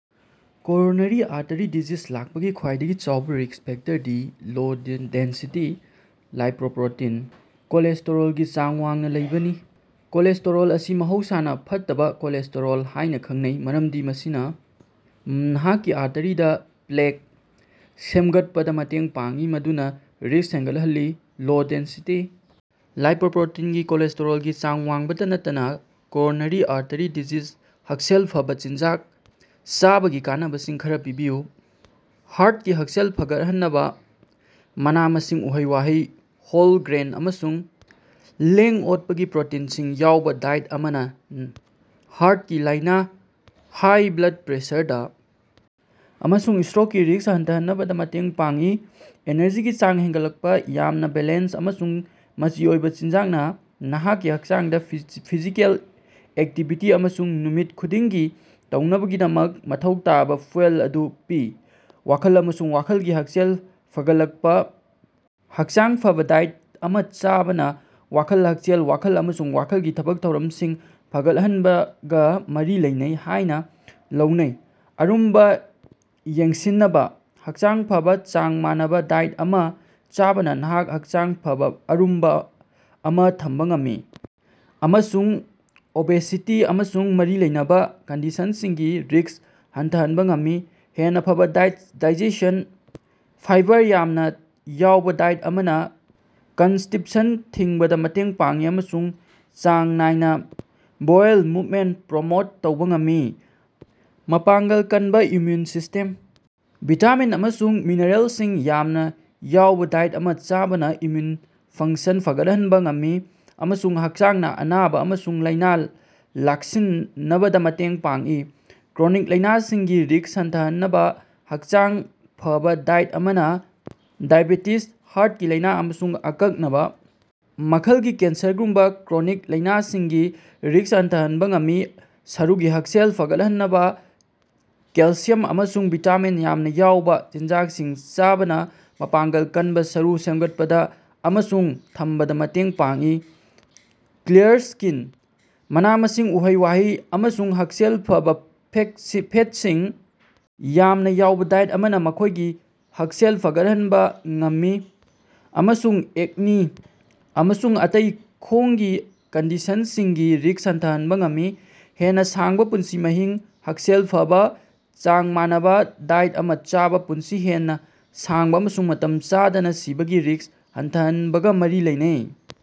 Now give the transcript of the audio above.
Coronary artery disease ꯂꯥꯛꯄꯒꯤ ꯈ꯭ꯋꯥꯏꯗꯒꯤ ꯆꯥꯎꯕ ꯔꯤꯛꯁ ꯐꯦꯛꯇꯔꯗꯤ ꯂꯣ-ꯗꯦꯟꯁꯤꯇꯤ ꯂꯥꯏꯄꯣꯄ꯭ꯔꯣꯇꯤꯟ ꯀꯣꯂꯦꯁꯇꯦꯔꯣꯜꯒꯤ ꯆꯥꯡ ꯋꯥꯡꯅ ꯂꯩꯕꯅꯤ꯫ ꯀꯣꯂꯦꯁꯇꯦꯔꯣꯜ ꯑꯁꯤ ꯃꯍꯧꯁꯅꯥ "ꯐꯠꯇꯕꯥ" ꯀꯣꯂꯦꯁꯇꯦꯔꯣꯜ ꯍꯥꯏꯅ ꯈꯪꯅꯩ ꯃꯔꯝꯗꯤ ꯃꯁꯤꯅ ꯅꯍꯥꯛꯀꯤ ꯑꯥꯔꯇꯦꯔꯤꯁꯤꯡꯗꯥ ꯄ꯭ꯂꯦꯛ ꯁꯦꯝꯒꯠꯄꯗ ꯃꯇꯦꯡ ꯄꯥꯡꯏ, ꯃꯗꯨꯅ ꯔꯤꯛꯁ ꯍꯦꯟꯒꯠꯍꯜꯂꯤ꯫ ꯂꯣ-ꯗꯦꯟꯁꯤꯇꯤ ꯂꯥꯢꯄꯣꯄ꯭ꯔꯣꯇꯤꯟꯒꯤ ꯀꯣꯂꯦꯁꯇꯦꯔꯣꯜꯒꯤ ꯆꯥꯡ ꯋꯥꯡꯕꯇ ꯅꯠꯇꯅ, ꯀꯣꯔꯣꯅꯔꯤ ꯑꯔꯇꯔꯤ ꯗꯤꯖꯤꯁ ꯍꯛꯁꯦꯜ ꯐꯕ ꯆꯤꯟꯖꯥꯛ ꯆꯥꯕꯒꯤ ꯀꯥꯟꯅꯕꯁꯤꯡ ꯈꯔꯥ ꯄꯤꯕꯤꯌꯨ꯫ ꯍꯥꯔꯠꯀꯤ ꯍꯛꯁꯦꯜ ꯐꯒꯠꯍꯟꯅꯕ: ꯃꯅꯥ-ꯃꯁꯤꯡ, ꯎꯍꯩ-ꯋꯥꯍꯩ, ꯍꯣꯜ ꯒ꯭ꯔꯦꯟ ꯑꯃꯁꯨꯡ ꯂꯦꯡ-ꯑꯣꯠꯄꯒꯤ ꯄ꯭ꯔꯣꯇꯤꯟꯁꯤꯡ ꯌꯥꯎꯕ ꯗꯥꯏꯠ ꯑꯃꯅ ꯍꯥꯔꯠꯀꯤ ꯂꯥꯏꯅ, ꯍꯥꯏ ꯕ꯭ꯂꯗ ꯄ꯭ꯔꯦꯁꯔ ꯑꯃꯁꯨꯡ ꯁꯇ꯭ꯔꯣꯛꯀꯤ ꯔꯤꯛꯁ ꯍꯟꯊꯍꯟꯅꯕꯗ ꯃꯇꯦꯡ ꯄꯥꯡꯏ꯫ ꯑꯦꯅꯔꯖꯤꯒꯤ ꯆꯥꯡ ꯍꯦꯟꯒꯠꯂꯛꯄ: ꯌꯥꯝꯅ ꯕꯦꯂꯦꯟꯁ ꯑꯃꯁꯨꯡ ꯃꯆꯤ ꯑꯣꯏꯕ ꯆꯤꯟꯖꯥꯛꯅ ꯅꯍꯥꯛꯀꯤ ꯍꯛꯆꯥꯡꯗ ꯐꯤꯖꯤꯀꯦꯜ ꯑꯦꯛꯇꯤꯚꯤꯇꯤ ꯑꯃꯁꯨꯡ ꯅꯨꯃꯤꯠ ꯈꯨꯗꯤꯡꯒꯤ ꯇꯧꯅꯕꯒꯤꯗꯃꯛ ꯃꯊꯧ ꯇꯥꯕꯥ ꯐ꯭ꯌꯨꯑꯦꯜ ꯑꯗꯨ ꯄꯤ꯫ ꯋꯥꯈꯜ ꯑꯃꯁꯨꯡ ꯋꯥꯈꯜꯒꯤ ꯍꯛꯁꯦꯜ ꯐꯒꯠꯂꯀꯄ: ꯍꯛꯆꯥꯡ ꯐꯕꯥ ꯗꯥꯏꯠ ꯑꯃ ꯆꯥꯕꯅ ꯋꯥꯈꯜꯒꯤ ꯍꯛꯁꯦꯜ, ꯋꯥꯈꯜ ꯑꯃꯁꯨꯡ ꯋꯥꯈꯜꯒꯤ ꯊꯕꯛ ꯊꯧꯔꯝꯁꯤꯡ ꯐꯒꯠꯍꯟꯕꯒ ꯃꯔꯤ ꯂꯩꯅꯩ ꯍꯥꯏꯅ ꯂꯧꯅꯩ꯫ ꯑꯔꯨꯝꯕ ꯌꯦꯡꯁꯤꯟꯅꯕꯥ: ꯍꯛꯁꯦꯜ ꯐꯕꯥ, ꯆꯥꯡ ꯃꯥꯟꯅꯕ ꯗꯥꯏꯠ ꯑꯃ ꯆꯥꯕꯅ ꯅꯍꯥꯛꯅ ꯍꯛꯆꯥꯡ ꯐꯕ ꯑꯔꯨꯝꯕ ꯑꯃ ꯊꯝꯕ ꯉꯝꯃꯤ ꯑꯃꯁꯨꯡ ꯑꯣꯕꯦꯁꯤꯇꯤ ꯑꯃꯁꯨꯡ ꯃꯔꯤ ꯂꯩꯅꯕ ꯀꯟꯗꯤꯁꯟꯁꯤꯡꯒꯤ ꯔꯤꯛꯁ ꯍꯟꯊꯍꯟꯕ ꯉꯝꯃꯤ꯫ ꯍꯦꯟꯅ ꯐꯕꯥ ꯗꯥꯏꯖꯦꯁꯟ: ꯐꯥꯏꯕꯔ ꯌꯥꯝꯅ ꯌꯥꯎꯕ ꯗꯥꯏꯠ ꯑꯃꯅ ꯀꯟꯁꯇꯤꯞꯁꯟ ꯊꯤꯡꯕꯗ ꯃꯇꯦꯡ ꯄꯥꯡꯏ ꯑꯃꯁꯨꯡ ꯆꯥꯡ ꯅꯥꯏꯅ ꯕꯣꯋꯦꯜ ꯃꯨꯞꯃꯦꯟ ꯄ꯭ꯔꯣꯃꯣꯠ ꯇꯧꯕ ꯉꯝꯃꯤ꯫ ꯃꯄꯥꯡꯒꯜ ꯀꯟꯕ ꯏꯝꯃ꯭ꯌꯨꯟ ꯁꯤꯁꯇꯦꯝ: ꯚꯤꯇꯥꯃꯤꯟ ꯑꯃꯁꯨꯡ ꯃꯤꯅꯔꯦꯜꯁꯤꯡ ꯌꯥꯝꯅ ꯌꯥꯎꯕ ꯗꯥꯏꯠ ꯑꯃ ꯆꯥꯕꯅ ꯏꯝꯃ꯭ꯌꯨꯟ ꯐꯪꯁꯟ ꯐꯒꯠꯍꯟꯕ ꯉꯝꯃꯤ ꯑꯃꯁꯨꯡ ꯍꯛꯆꯥꯡꯅ ꯑꯅꯥꯕ ꯑꯃꯁꯨꯡ ꯂꯥꯏꯅ ꯂꯥꯛꯁꯤꯟꯅꯕꯗ ꯃꯇꯦꯡ ꯄꯥꯡꯏ꯫ ꯀ꯭ꯔꯣꯅꯤꯛ ꯂꯥꯢꯅꯁꯤꯡꯒꯤ ꯔꯤꯛꯁ ꯍꯟꯊꯥꯍꯟꯅꯕ: ꯍꯛꯆꯥꯡ ꯐꯕꯥ ꯗꯥꯏꯠ ꯑꯃꯅ ꯗꯥꯏꯑꯦꯕꯦꯇꯤꯖ, ꯍꯥꯔꯠꯀꯤ ꯂꯥꯢꯅ, ꯑꯃꯁꯨꯡ ꯑꯀꯛꯅꯕ ꯃꯈꯜꯒꯤ ꯀꯦꯟꯁꯔꯒꯨꯝꯕꯥ ꯀ꯭ꯔꯣꯅꯤꯛ ꯂꯥꯢꯅꯥꯁꯤꯡꯒꯤ ꯔꯤꯛꯁ ꯍꯟꯊꯥꯍꯟꯕ ꯉꯝꯃꯤ꯫ ꯁꯔꯨꯒꯤ ꯍꯛꯁꯦꯜ ꯐꯒꯠꯍꯟꯅꯕꯥ: ꯀꯦꯜꯁꯤꯌꯝ ꯑꯃꯁꯨꯡ ꯚꯤꯇꯥꯃꯤꯟ ꯌꯥꯝꯅ ꯌꯥꯎꯕ ꯆꯤꯟꯖꯥꯛꯁꯤꯡ ꯆꯥꯕꯅ ꯃꯄꯥꯡꯒꯜ ꯀꯟꯕꯥ ꯁꯔꯨ ꯁꯦꯝꯒꯠꯄꯗ ꯑꯃꯁꯨꯡ ꯊꯝꯕꯗꯥ ꯃꯇꯦꯡ ꯄꯥꯡꯏ꯫ ꯀ꯭ꯂꯤꯌꯥꯔ ꯁ꯭ꯀꯤꯟ: ꯃꯅꯥ-ꯃꯁꯤꯡ, ꯎꯍꯩ-ꯋꯥꯍꯩ ꯑꯃꯁꯨꯡ ꯍꯛꯁꯦꯜ ꯐꯕꯥ ꯐꯦꯠꯁꯤꯡ ꯌꯥꯝꯅ ꯌꯥꯎꯕ ꯗꯥꯏꯠ ꯑꯃꯅ ꯈꯣꯡꯒꯤ ꯍꯛꯁꯦꯜ ꯐꯒꯠꯍꯟꯅꯕ ꯉꯝꯃꯤ ꯑꯃꯁꯨꯡ ꯑꯦꯛꯅꯤ ꯑꯃꯁꯨꯡ ꯑꯇꯩ ꯈꯣꯡꯒꯤ ꯀꯟꯗꯤꯁꯟꯁꯤꯡꯒꯤ ꯔꯤꯛꯁ ꯍꯟꯊꯥꯍꯟꯕ ꯉꯝꯃꯤ꯫ ꯍꯦꯟꯅ ꯁꯥꯡꯕ ꯄꯨꯟꯁꯤ ꯃꯍꯤꯡ: ꯍꯛꯁꯦꯜ ꯐꯕꯥ, ꯆꯥꯡ ꯃꯥꯟꯅꯕ ꯗꯥꯏꯠ ꯑꯃ ꯆꯥꯕꯅ ꯄꯨꯟꯁꯤ ꯍꯦꯟꯅ ꯁꯥꯡꯕ ꯑꯃꯁꯨꯡ ꯃꯇꯝ ꯆꯥꯗꯅ ꯁꯤꯕꯒꯤ ꯔꯤꯛꯁ ꯍꯟꯊꯥꯍꯟꯅꯕꯒ ꯃꯔꯤ ꯂꯩꯅꯩ꯫